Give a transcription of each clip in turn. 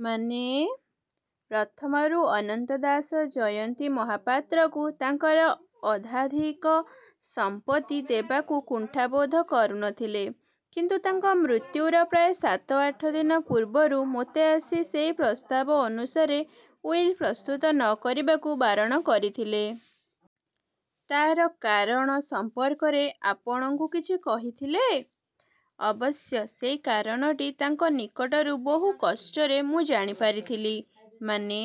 ' 'ମାନେ? ' 'ପ୍ରଥମରୁ ଅନନ୍ତ ଦାସ ଜୟନ୍ତୀ ମହାପାତ୍ରକୁ ତାଙ୍କର ଅର୍ଦ୍ଧାଧିକ ସମ୍ପତ୍ତି ଦେବାକୁ କୁଣ୍ଠା ବୋଧ କରୁ ନ ଥିଲେ। କିନ୍ତୁ ତାଙ୍କ ମୃତ୍ୟୁର ପ୍ରାୟ ସାତ ଆଠଦିନ ପୂର୍ବରୁ ମୋତେ ଆସି ସେଇ ପ୍ରସ୍ତାବ ଅନୁସାରେ ଉଇଲ୍ ପ୍ରସ୍ତୁତ ନ କରିବାକୁ ବାରଣ କରିଥିଲେ। ' 'ତା'ର କାରଣ ସଂପର୍କରେ ଆପଣଙ୍କୁ କିଛି କହିଥିଲେ? ' 'ଅବଶ୍ୟ ସେଇ କାରଣଟି ତାଙ୍କ ନିକଟରୁ ବହୁ କଷ୍ଟରେ ମୁଁ ଜାଣିପାରିଥିଲି। ' 'ମାନେ?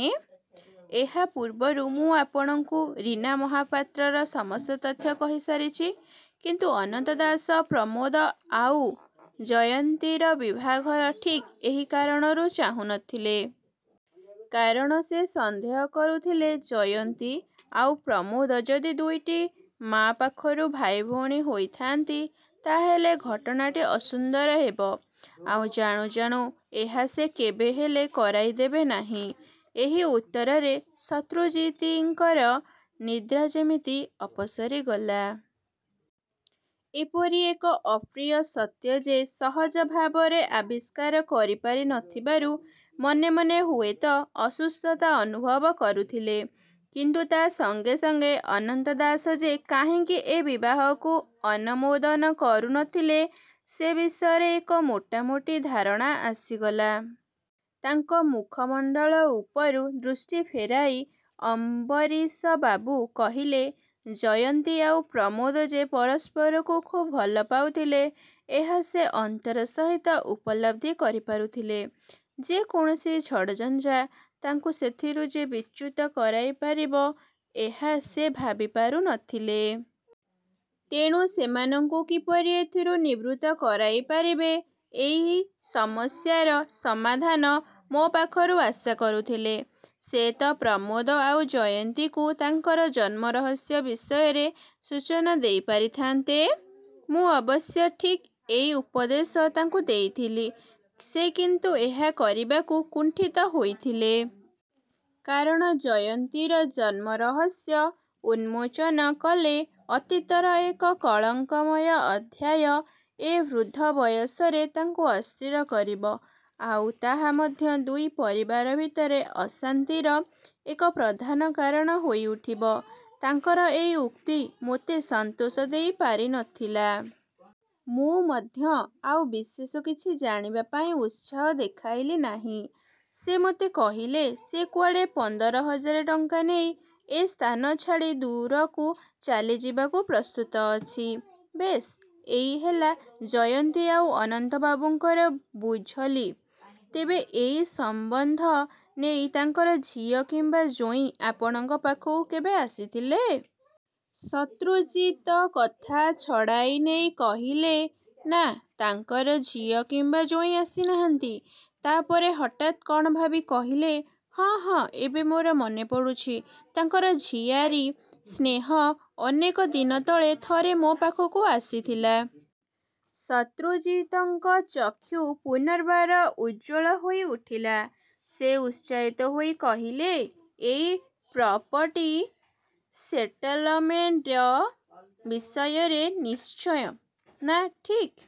' 'ଏହା ପୂର୍ବରୁ ମୁଁ ଆପଣଙ୍କୁ ରୀନା ମହାପାତ୍ରର ସମସ୍ତ ତଥ୍ୟ କହିସାରିଛି। କିନ୍ତୁ ଅନନ୍ତ ଦାସ ପ୍ରମୋଦ ଆଉ ଜୟନ୍ତୀର ବିଭାଘର ଠିକ୍ ଏହି କାରଣରୁ ଚାହୁଁ ନଥିଲେ। କାରଣ ସେ ସନ୍ଦେହ କରୁଥିଲେ, ଜୟନ୍ତୀ ଆଉ ପ୍ରମୋଦ ଯଦି ଦୁଇଟି ମାଆ ପାଖରୁ ଭାଇ ଭଉଣୀ ହୋଇଥାଆନ୍ତି, ତା'ହେଲେ ଘଟଣାଟି ଅସୁନ୍ଦର ହେବ। ଆଉ ଜାଣୁ ଜାଣୁ ଏହା ସେ କେବେହେଲେ କରାଇଦେବେ ନାହିଁ। ' ଏଇ ଉତ୍ତରରେ ଶତ୍ରୁଜିତିଙ୍କର ନିଦ୍ରା ଯେମିତି ଅପସରି ଗଲା। ଏପରି ଏକ ଅପ୍ରିୟ ସତ୍ୟ ସେ ସହଜ ଭାବରେ ଆବିଷ୍କାର କରିପାରି ନ ଥିବାରୁ ମନେ ମନେ ହୁଏତ ଅସୁସ୍ଥତା ଅନୁଭବ କରୁଥିଲେ। କିନ୍ତୁ ତା' ସଙ୍ଗେ ସଙ୍ଗେ ଅନନ୍ତ ଦାସ ଯେ କାହିଁକି ଏ ବିବାହକୁ ଅନମୋଦନ କରୁ ନଥିଲେ ସେ ବିଷୟରେ ଏକ ମୋଟା ମୋଟି ଧାରଣା ଆସିଗଲା। ତାଙ୍କ ମୁଖମଣ୍ଡଳ ଉପରୁ ଦୃଷ୍ଟି ଫେରାଇ ଅମ୍ବରୀଶବାବୁ କହିଲେ, 'ଜୟନ୍ତୀ ଆଉ ପ୍ରମୋଦ ଯେ ପରସ୍ପରକୁ ଖୁବ୍ ଭଲ ପାଉଥିଲେ, ଏହା ସେ ଅନ୍ତର ସହିତ ଉପଲବ୍ଧି କରିପାରୁଥିଲେ। ଯେକୌଣସି ଝଡ଼ଝଞ୍ଜା ତାଙ୍କୁ ସେଥିରୁ ଯେ ବିଚ୍ୟୁତ କରାଇ ପାରିବ ଏହା ସେ ଭାବି ପାରୁ ନଥିଲେ। ତେଣୁ ସେମାନଙ୍କୁ କିପରି ଏଥିରୁ ନିବୃତ୍ତ କରାଇପାରିବେ–ଏଇ ସମସ୍ୟାର ସମାଧାନ ମୋ ପାଖରୁ ଆଶା କରୁଥିଲେ। ' 'ସେ ତ ପ୍ରମୋଦ ଆଉ ଜୟନ୍ତୀକୁ ତାଙ୍କର ଜନ୍ମ ରହସ୍ୟ ବିଷୟରେ ସୂଚନା ଦେଇପାରିଥାଆନ୍ତେ? ' 'ମୁଁ ଅବଶ୍ୟ ଠିକ୍ ଏଇ ଉପଦେଶ ତାଙ୍କୁ ଦେଇଥିଲି। ସେ କିନ୍ତୁ ଏହା କରିବାକୁ କୁଣ୍ଠିତ ହୋଇଥିଲେ। କାରଣ ଜୟନ୍ତୀର ଜନ୍ମ ରହସ୍ୟ ଉନ୍ମୋଚନ କଲେ ଅତୀତର ଏକ କଳଙ୍କମୟ ଅଧ୍ୟାୟ ଏ ବୃଦ୍ଧ ବୟସରେ ତାଙ୍କୁ ଅସ୍ଥିର କରିବ। ଆଉ ତାହା ମଧ୍ୟ ଦୁଇ ପରିବାର ଭିତରେ ଅଶାନ୍ତିର ଏକ ପ୍ରଧାନ କାରଣ ହୋଇଉଠିବ। ତାଙ୍କର ଏଇ ଉକ୍ତି ମୋତେ ସନ୍ତୋଷ ଦେଇ ପାରି ନ ଥିଲା। 'ମୁଁ ମଧ୍ୟ ଆଉ ବିଶେଷ କିଛି ଜାଣିବାପାଇଁ ଉତ୍ସାହ ଦେଖାଇଲି ନାହିଁ। ସେ ମୋତେ କହିଲେ, ସେ କୁଆଡ଼େ ପନ୍ଦର ହଜାର ଟଙ୍କା ନେଇ ଏ ସ୍ଥାନ ଛାଡ଼ି ଦୂରକୁ ଚାଲିଯିବାକୁ ପ୍ରସ୍ତୁତ ଅଛି-। ବେଶ୍, ଏଇ ହେଲା ଜୟନ୍ତୀ ଆଉ ଅନନ୍ତବାବୁଙ୍କର' 'ବୁଝଲି। ତେବେ ଏଇ ସମ୍ବନ୍ଧ ନେଇ ତାଙ୍କର ଝିଅ କିମ୍ବା ଜୋଇଁ ଆପଣଙ୍କ ପାଖକୁ କେବେ ଆସିଥିଲେ? ' ଶତ୍ରୁଜିତ କଥା ଛଡ଼ାଇ ନେଇ କହିଲେ। 'ନା, ତାଙ୍କର ଝିଅ କିମ୍ବା ଜୋଇଁ ଆସିନାହାନ୍ତି। ' ତା'ପରେ ହଠାତ୍ କ'ଣ ଭାବି କହିଲେ, 'ହଁ ହଁ ଏବେ ମୋର ମନେପଡ଼ୁଛି, ତାଙ୍କର ଝିଆରୀ ସ୍ନେହ ଅନେକ ଦିନ ତଳେ ଥରେ ମୋ ପାଖକୁ ଆସିଥିଲା। ' ଶତ୍ରୁଜିତଙ୍କ ଚକ୍ଷୁ ପୁନର୍ବାର ଉଜ୍ଜ୍ୱଳ ହୋଇଉଠିଲା। ସେ ଉତ୍ସାହିତ ହୋଇ କହିଲେ, 'ଏଇ ପ୍ରପଟି ସେଟଲମେଣ୍ଟ ବିଷୟରେ ନିଶ୍ଚୟ। ' 'ନା, ଠିକ୍